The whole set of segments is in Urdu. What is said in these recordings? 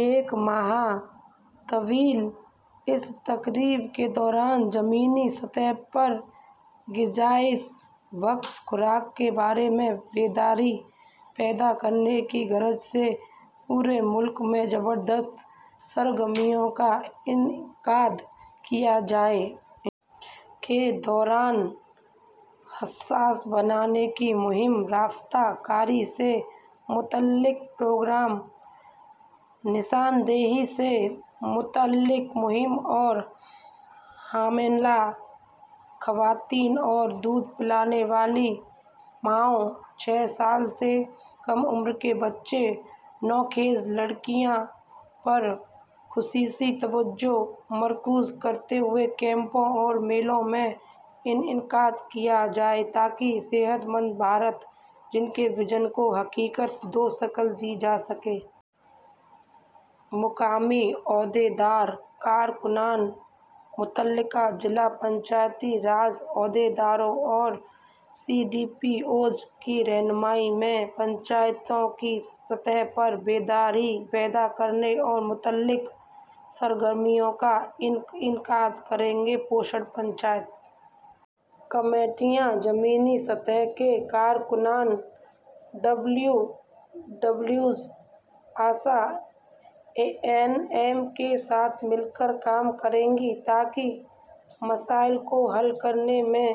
ایک ماہ طویل اس تقریب کے دوران زمینی سطح پر تغذیہ بخش خوراک کے بارے میں بیداری پیدا کرنے کی غرض سے پورے ملک میں زبردست سرگرمیوں کا انعقاد کیا جائے گا، جن کے دوران حساس بنانے کی مہم، رابطہ کاری سے متعلق پروگرام، نشاندہی سے متعلق مہم اور حاملہ خواتین اور دودھ پلانے والی ماؤں، چھ سال سے کم عمر کے بچوں اور نوخیز لڑکیوں پر خصوصی توجہ مرکوز کرتے ہوئے کیمپوں اور میلوں کا انعقاد کیا جائے گا، تاکہ ’’سوستھ بھارت‘‘ کے وژن کو حقیقت کی شکل دی جا سکے۔ مقامی عہدیدار اور کارکنان، متعلقہ ضلع پنچایتی راج عہدیداروں اور سی ڈی پی اوز کی رہنمائی میں پنچایتوں کی سطح پر بیداری پیدا کرنے سے متعلق سرگرمیوں کا انعقاد کریں گے۔ پوشن پنچایت کمیٹیاں زمینی سطح کے کارکنان، اے ڈبلیو ڈبلیوز، آشا اور اے این ایم کے ساتھ مل کر کام کریں گی، تاکہ مسائل کو حل کرنے میں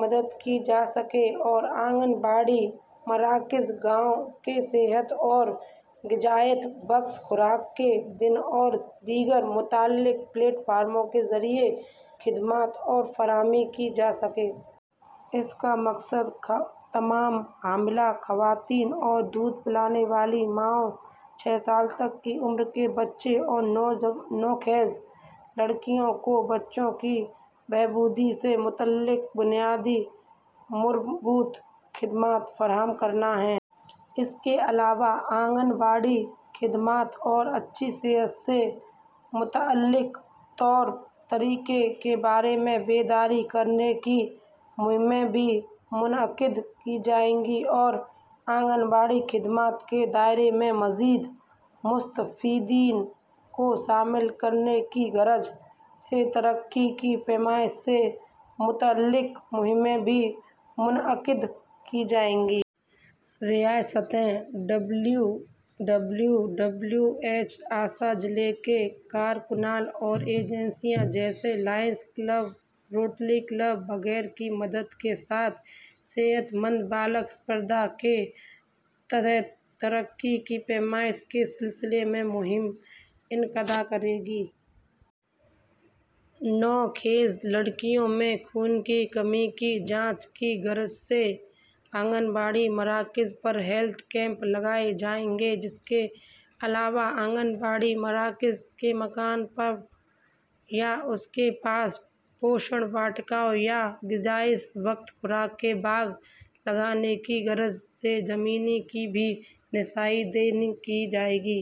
مدد کی جا سکے اور آنگن واڑی مراکز، گاؤں کے صحت اور تغذیہ بخش خوراک کے دن اور دیگر متعلقہ پلیٹ فارموں کے ذریعے خدمات کی فراہمی کی جا سکے۔ اس کا مقصد تمام حاملہ خواتین اور دودھ پلانے والی ماؤں، چھ سال تک کی عمر کے بچوں اور نوخیز لڑکیوں کو بچوں کی بہبود سے متعلق بنیادی مربوط خدمات فراہم کرنا ہے۔ اس کے علاوہ آنگن واڑی خدمات اور اچھی صحت سے متعلق طور طریقوں کے بارے میں بیداری پیدا کرنے کی مہمیں بھی منعقد کی جائیں گی اور آنگن واڑی خدمات کے دائرے میں مزید مستفیدین کو شامل کرنے کی غرض سے ترقی کی پیمائش سے متعلق مہمیں بھی منعقد کی جائیں گی۔ ریاستیں A W W, A W H, ASHA, ضلع کے کارکنان اور ایجنسیوں جیسے لائنز کلب، روٹری کلب وغیرہ کی مدد کے ساتھ ’’سوستھ بالک اسپردھا‘‘ کے تحت ترقی کی پیمائش کے سلسلے میں مہم کا انعقاد کریں گی۔ نوخیز لڑکیوں میں خون کی کمی کی جانچ کی غرض سے آنگن واڑی مراکز پر ہیلتھ کیمپ لگائے جائیں گے۔ اس کے علاوہ آنگن واڑی مراکز کے مقام پر یا اس کے پاس پوشن واٹیکاؤں یا تغذیہ بخش خوراک کے باغ لگانے کی غرض سے زمین کی بھی نشاندہی کی جائے گی۔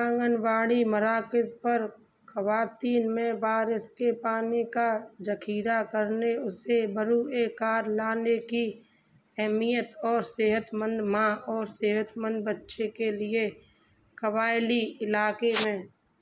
آنگن واڑی مراکز پر خواتین میں بارش کے پانی کا ذخیرہ کرکے اسے بروئے کار لانے کی اہمیت اور صحت مند ماں اور صحت مند بچے کے لیے قبائلی علاقوں میں۔